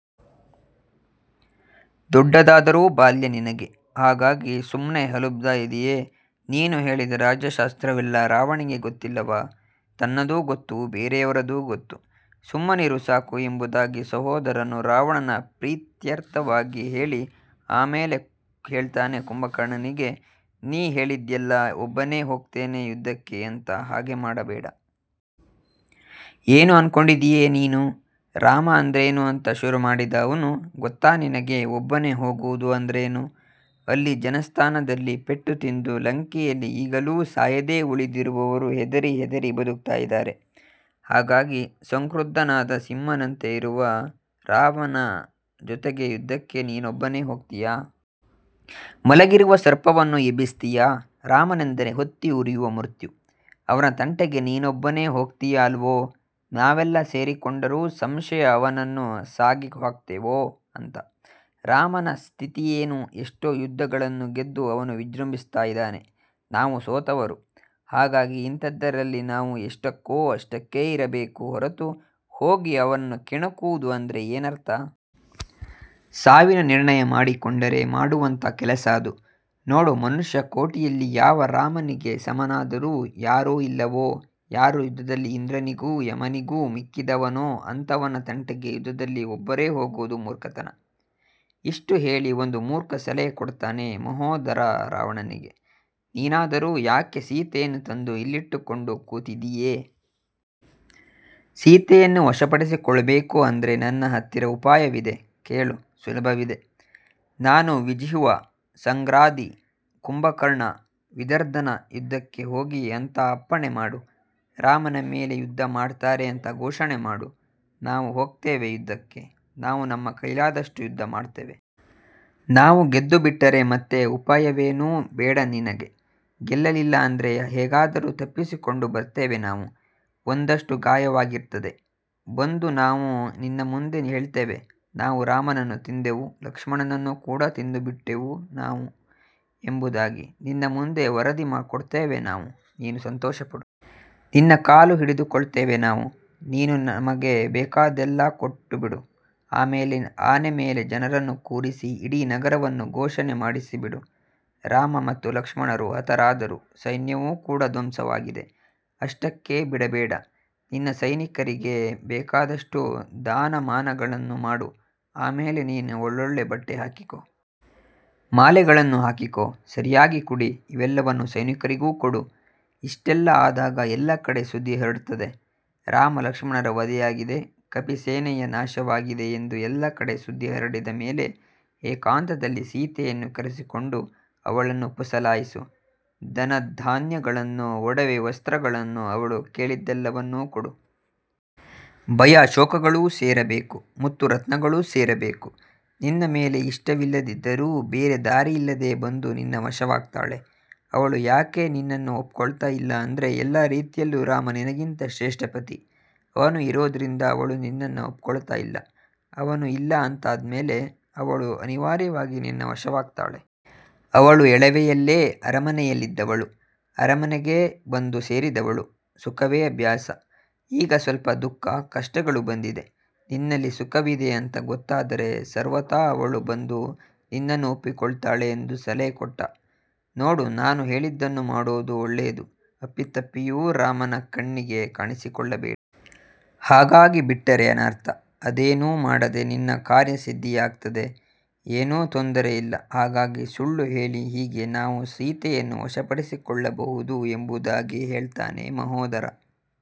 ದೊಡ್ಡದಾದರೂ ಬಾಲ್ಯ ನಿನಗೆ. ಹಾಗಾಗಿ ಸುಮ್ನೆ ಹಲುಬ್ತಾ ಇದೀಯೆ. ನೀನು ಹೇಳಿದ ರಾಜ್ಯಶಾಸ್ತ್ರವೆಲ್ಲ ರಾವಣನಿಗೆ ಗೊತ್ತಿಲ್ಲವಾ? ತನ್ನದೂ ಗೊತ್ತು, ಬೇರೆಯವರದೂ ಗೊತ್ತು. ಸುಮ್ಮನಿರು ಸಾಕು ಎಂಬುದಾಗಿ ಸಹೋದರನು ರಾವಣನ ಪ್ರೀತ್ಯರ್ಥವಾಗಿ ಹೇಳಿ ಆಮೇಲೆ ಹೇಳ್ತಾನೆ ಕುಂಭಕರ್ಣನಿಗೆ. ನೀ ಹೇಳಿದ್ಯಲ್ಲ ಒಬ್ಬನೇ ಹೋಗ್ತೇನೆ ಯುದ್ಧಕ್ಕೆ ಅಂತ ಹಾಗೆ ಮಾಡಬೇಡ. ಏನು ಅಂದ್ಕೊಂಡಿದೀಯೆ ನೀನು? ರಾಮ ಅಂದ್ರೇನು ಅಂತ ಶುರುಮಾಡಿದ ಅವ್ನು. ಗೊತ್ತಾ ನಿನಗೆ ಒಬ್ಬನೇ ಹೋಗುವುದು ಅಂದ್ರೇನು. ಅಲ್ಲಿ ಜನಸ್ಥಾನದಲ್ಲಿ ಪೆಟ್ಟು ತಿಂದು ಲಂಕೆಯಲ್ಲಿ ಈಗಲೂ ಸಾಯದೇ ಉಳಿದಿರುವವರು ಹೆದರಿ ಹೆದರಿ ಬದುಕ್ತಾ ಇದಾರೆ. ಹಾಗಾಗಿ ಸಂಕ್ರುದ್ಧನಾದ ಸಿಂಹನಂತೆ ಇರುವ ರಾಮನ ಜೊತೆಗೆ ಯುದ್ಧಕ್ಕೆ ನೀನೊಬ್ಬನೇ ಹೋಗ್ತೀಯ. ಮಲಗಿರುವ ಸರ್ಪವನ್ನು ಎಬ್ಬಿಸ್ತೀಯಾ ರಾಮನೆಂದರೆ ಹೊತ್ತಿಯುರಿಯುವ ಮೃತ್ಯು. ಅವನ ತಂಟೆಗೆ ನೀನೊಬ್ಬನೇ ಹೋಗ್ತೀಯಾ ಅಲ್ವೋ, ನಾವೆಲ್ಲಾ ಸೇರಿಕೊಂಡರೂ ಸಂಶಯ ಅವನನ್ನು ಸಾಗಿಹಾಕ್ತೇವೋ ಅಂತ. ರಾಮನ ಸ್ಥಿತಿಯೇನು ಎಷ್ಟೋ ಯುದ್ಧಗಳನ್ನು ಗೆದ್ದು ಅವನು ವಿಜೃಂಭಿಸ್ತಾ ಇದ್ದಾನೆ. ನಾವು ಸೋತವರು. ಹಾಗಾಗಿ ಇಂಥದ್ದರಲ್ಲಿ ನಾವು ಎಷ್ಟುಕ್ಕೋ ಅಷ್ಟಕ್ಕೆ ಇರಬೇಕು ಹೊರತು ಹೋಗಿ ಅವನನ್ನು ಕೆಣಕುವುದು ಅಂದ್ರೆ ಏನರ್ಥ. ಸಾವಿನ ನಿರ್ಣಯ ಮಾಡಿಕೊಂಡರೆ ಮಾಡುವಂಥ ಕೆಲಸ ಅದು. ನೋಡು ಮನುಷ್ಯಕೋಟಿಯಲ್ಲಿ ಯಾವ ರಾವನಿಗೆ ಸಮನಾದವರು ಯಾರೂ ಇಲ್ಲವೋ, ಯಾರು ಯುದ್ಧದಲ್ಲಿ ಇಂದ್ರನಿಗೂ, ಯಮನಿಗೂ ಮಿಕ್ಕಿದವನೋ ಅಂಥವನ ತಂಟೆಗೆ ಯುದ್ಧದಲ್ಲಿ ಒಬ್ಬರೇ ಹೋಗುವುದು ಮೂರ್ಖತನ. ಇಷ್ಟು ಹೇಳಿ ಒಂದು ಮೂರ್ಖ ಸಲಹೆ ಕೊಡ್ತಾನೆ ಮಹೋದರ ರಾವಣನಿಗೆ. ನೀನಾದರೂ ಯಾಕೆ ಸೀತೆಯನ್ನು ತಂದು ಇಲ್ಲಿಟ್ಟುಕೊಂಡು ಕೂತಿದೀಯೆ? ಸೀತೆಯನ್ನು ವಶಪಡಿಸಿಕೊಳ್ಬೇಕು ಅಂದ್ರೆ ನನ್ನ ಹತ್ತಿರ ಉಪಾಯವಿದೆ. ಕೇಳು. ಸುಲಭವಿದೆ. ನಾನು, ವಿಜಿಹ್ವ, ಸಂಘ್ರಾದಿ, ಕುಂಭಕರ್ಣ, ವಿದರ್ಧನ ಯುದ್ಧಕ್ಕೆ ಹೋಗಿ ಅಂತ ಅಪ್ಪಣೆ ಮಾಡು. ರಾಮನ ಮೇಲೆ ಯುದ್ಧ ಮಾಡ್ತಾರೆ ಅಂತ ಘೋಷಣೆ ಮಾಡು. ನಾವು ಹೋಗ್ತೇವೆ ಯುದ್ಧಕ್ಕೆ. ನಾವು ನಮ್ಮ ಕೈಲಾದಷ್ಟು ಯುದ್ಧ ಮಾಡ್ತೇವೆ. ನಾವು ಗೆದ್ದುಬಿಟ್ಟರೆ ಮತ್ತೆ ಉಪಾಯವೇನೂ ಬೇಡ ನಿನಗೆ. ಗೆಲ್ಲಲಿಲ್ಲ ಅಂದ್ರೆ ಹೇಗಾದರೂ ತಪ್ಪಿಸಿಕೊಂಡು ಬರ್ತೇವೆ ನಾವು. ಒಂದಷ್ಟು ಗಾಯವಾಗಿರ್ತದೆ. ಬಂದು ನಾವು ನಿನ್ನ ಮುಂದೆ ಹೇಳ್ತೇವೆ. ನಾವು ರಾಮನನ್ನು ತಿಂದೆವು. ಲಕ್ಷ್ಮಣನನ್ನೂ ಕೂಡ ತಿಂದುಬಿಟ್ಟೆವು ನಾವು ಎಂಬುದಾಗಿ ನಿನ್ನ ಮುಂದೆ ವರದಿ ಕೊಡ್ತೇವೆ ನಾವು. ನೀನು ಸಂತೋಷಪಡು. ನಿನ್ನ ಕಾಲು ಹಿಡಿದುಕೊಳ್ತೇವೆ ನಾವು. ನೀನು ನಮಗೆ ಬೇಕಾದ್ದೆಲ್ಲ ಕೊಟ್ಟುಬಿಡು. ಆಮೇಲೆ ಆನೆ ಮೇಲೆ ಜನರನ್ನು ಕೂರಿಸಿ ಇಡೀ ನಗರವನ್ನು ಘೋಷಣೆ ಮಾಡಿಸಿಬಿಡು. ರಾಮ ಮತ್ತು ಲಕ್ಷ್ಮಣರು ಹತರಾದರು ಸೈನ್ಯವೂ ಕೂಡ ಧ್ವಂಸವಾಗಿದೆ. ಅಷ್ಟಕ್ಕೇ ಬಿಡಬೇಡ. ನಿನ್ನ ಸೈನಿಕರಿಗೆ ಬೇಕಾದಷ್ಟು ದಾನಮಾನಗಳನ್ನು ಮಾಡು. ಆಮೇಲೆ ನೀನು ಒಳ್ಳೊಳ್ಳೆ ಬಟ್ಟೆ ಹಾಕಿಕೋ. ಮಾಲೆಗಳನ್ನು ಹಾಕಿಕೋ. ಸರಿಯಾಗಿ ಕುಡಿ. ಇವೆಲ್ಲವನ್ನೂ ಸೈನಿಕರಿಗೂ ಕೊಡು. ಇಷ್ಟೆಲ್ಲ ಆದಾಗ ಎಲ್ಲ ಕಡೆ ಸುದ್ದಿ ಹರಡ್ತದೆ. ರಾಮ-ಲಕ್ಷ್ಮಣರ ವಧೆಯಾಗಿದೆ. ಕಪಿಸೇನೆಯ ನಾಶವಾಗಿದೆ ಎಂದು ಎಲ್ಲಾ ಕಡೆ ಸುದ್ದಿ ಹರಡಿದ ಮೇಲೆ ಏಕಾಂತದಲ್ಲಿ ಸೀತೆಯನ್ನು ಕರೆಸಿಕೊಂಡು ಅವಳನ್ನು ಪುಸಲಾಯಿಸು. ಧನಧಾನ್ಯಗಳನ್ನು, ಒಡವೆ ವಸ್ತ್ರಗಳನ್ನು, ಅವಳು ಕೇಳಿದ್ದೆಲ್ಲವನ್ನೂ ಕೊಡು. ಭಯ-ಶೋಕಗಳೂ ಸೇರಬೇಕು. ಮುತ್ತು-ರತ್ನಗಳೂ ಸೇರಬೇಕು. ನಿನ್ನ ಮೇಲೆ ಇಷ್ಟವಿಲ್ಲದಿದ್ದರೂ ಬೇರೆ ದಾರಿಯಿಲ್ಲದೇ ಬಂದು ನಿನ್ನ ವಶವಾಗ್ತಾಳೆ. ಅವಳು ಯಾಕೆ ನಿನ್ನನ್ನ ಒಪ್ಕೊಳ್ತಾ ಇಲ್ಲ ಅಂದ್ರೆ ಎಲ್ಲಾ ರೀತಿಯಲ್ಲೂ ರಾಮ ನಿನಗಿಂತ ಶ್ರೇಷ್ಠ ಪತಿ. ಅವನು ಇರೋದ್ರಿಂದ ಅವಳು ನಿನನ್ನ ಒಪ್ಕೊಳ್ತಾ ಇಲ್ಲ. ಅವನು ಇಲ್ಲ ಅಂತಾದ್ಮೇಲೆ ಅವಳು ಅನಿವಾರ್ಯವಾಗಿ ನಿನ್ನ ವಶವಾಗ್ತಾಳೆ. ಅವಳು ಎಳವೆಯಲ್ಲೇ ಅರಮನೆಯಲ್ಲಿದ್ದವಳು, ಅರಮನೆಗೇ ಬಂದು ಸೇರಿದವಳು. ಸುಖವೇ ಅಭ್ಯಾಸ. ಈಗ ಸ್ವಲ್ಪ ದುಃಖ, ಕಷ್ಟಗಳು ಬಂದಿದೆ. ನಿನ್ನಲ್ಲಿ ಸುಖವಿದೆ ಅಂತ ಗೊತ್ತಾದರೆ ಸರ್ವಥಾ ಅವಳು ಬಂದು ನಿನ್ನನ್ನು ಒಪ್ಪಿಕೊಳ್ತಾಳೆ ಎಂದು ಸಲಹೆ ಕೊಟ್ಟ. ನೋಡು ನಾನು ಹೇಳಿದ್ದನ್ನು ಮಾಡೋದು ಒಳ್ಳೆಯದು. ಅಪ್ಪಿತಪ್ಪಿಯೂ ರಾಮನ ಕಣ್ಣಿಗೆ ಕಾಣಿಸಿಕೊಳ್ಳಬೇಡ. ಹಾಗಾಗಿಬಿಟ್ಟರೆ ಅನರ್ಥ. ಅದೇನೂ ಮಾಡದೆ ನಿನ್ನ ಕಾರ್ಯಸಿದ್ಧಿಯಾಗ್ತದೆ. ಏನೂ ತೊಂದರೆಯಿಲ್ಲ. ಹಾಗಾಗಿ ಸುಳ್ಳುಹೇಳಿ ಹೀಗೆ ನಾವು ಸೀತೆಯನ್ನು ವಶಪಡಿಸಿಕೊಳ್ಳಬಹುದು ಎಂಬುದಾಗಿ ಹೇಳ್ತಾನೆ ಮಹೋದರ.